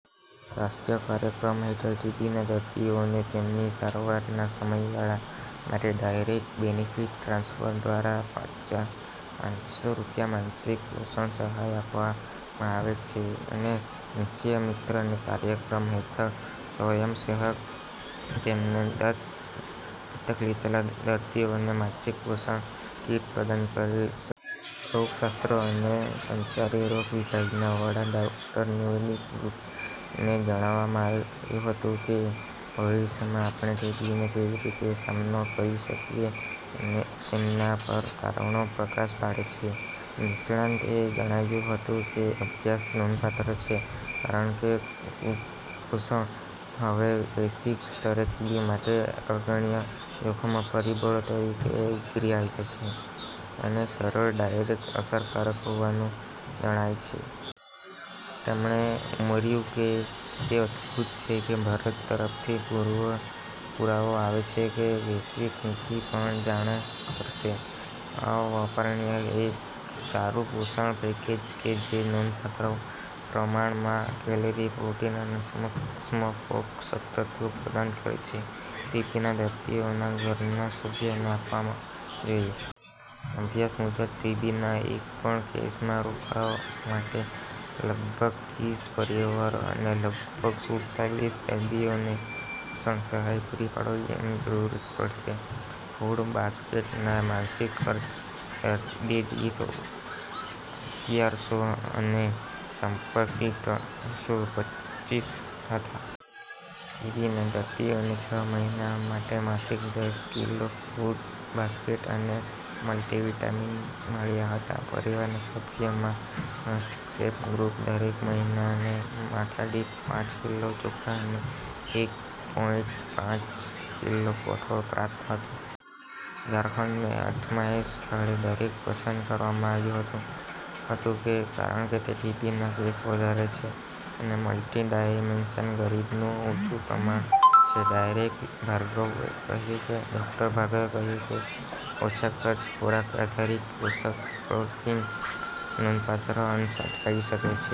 રાષ્ટ્રીય કાર્યક્રમ હેઠળ, ટીબીના દર્દીઓને તેમની સારવારના સમયગાળા માટે ડાયરેક્ટ બેનિફિટ ટ્રાન્સફર દ્વારા પાંચા પાંચસો રૂપિયા માનસિક પોષણ સહાય આપવામાં આવે છે અને નિ-ક્ષીય મિત્ર કાર્યક્રમ હેઠળ, સ્વયંસેવક તેમના "દત્તક લીધેલા" દર્દીઓને માનસિક પોષણ કીટ પ્રદાન કરી શ રોગશાસ્ત્ર અને સંચારી રોગ વિભાગના વડા, ડોક્ટર નિવેદિતા ગુપ્તાએ જણાવવામાંવ્યું હતું કે, "ભવિષ્યમાં આપણે ટીબીનો કેવી રીતે સામનો કરી શકીએ તેના પર તારણો પ્રકાશ પાડે છે. નિષ્ણાતોએ જણાવ્યું હતું કે અભ્યાસ નોંધપાત્ર છે કારણ કે કુપોષણ હવે વૈશ્વિક સ્તરે ટીબી માટે અગ્રણીય જોખમ પરિબળ તરીકે ઉભરી આવ્યું છે અને સરળ ડાયટ અસરકારક હોવાનું જણાયું છે. " તેમણે ઉમેર્યું કે, "તે અદ્ભુત છે કે ભારત તરફથી પૂર્વ પુરાવા આવે છે કે વૈશ્વિક નીતિને પણ જાણ કરશે. અનિવાર્યપણે, એક સારું પોષણ પેકેજ કે જે નોંધપાત્ર પ્રમાણમાં કેલરી, પ્રોટીન અને સૂક્ષ્મ પોષકતત્ત્વો પ્રદાન કરે છે ટીબીના દર્દીઓના ઘરના સભ્યોને આપવામાં જોઈએ. અભ્યાસ મુજબ, ટીબીના એક પણ કેસમાં રોકવા માટે, લગભગ ત્રીસ પરિવારો અને લગભગ સુડતાલીસ દર્દીઓને પોષણ સહાય પૂરી પાડવાની જરૂર પડશે. ફૂડ બાસ્કેટના માસિક ખર્ચ દર્દી દીઠ અગયારસો અને સંપર્ક દીઠ ત્રણસો પચીસ હતો. ટીબીના દર્દીઓને છ મહિના માટે માસિક દસ કિલો ફૂડ બાસ્કેટ અને મલ્ટીવિટામિન્સ મળ્યા હતા. પરિવારના સભ્યોમાં, હસ્તક્ષેપ ગ્રુપને દર મહિનાને માથાદીઠ પાંચ કિલો ચોખા અને એક પોઈંટ પાંચ કિલો કઠોળ પ્રાપ્ત ઝારખંડને અજમાયશ સ્થળ દરેક પસંદ કરવામાં આવ્યું હતું હતું કે કારણ કે તેથી તેના કેસ વધારે છે અને મલ્ટી ડાયમેંશનલ ગરીબનું ઊંચું પ્રમાણ છે. ડાયરેક્ટ ભાર્ગવે કહ્યું કે ડોક્ટર ભાભાએ કહ્યું કે, "ઓછા ખર્ચે ખોરાક-આધારિત પોષક પપ્રોટી નોંધપાત્ર અંશ અટકાવી શકે છે.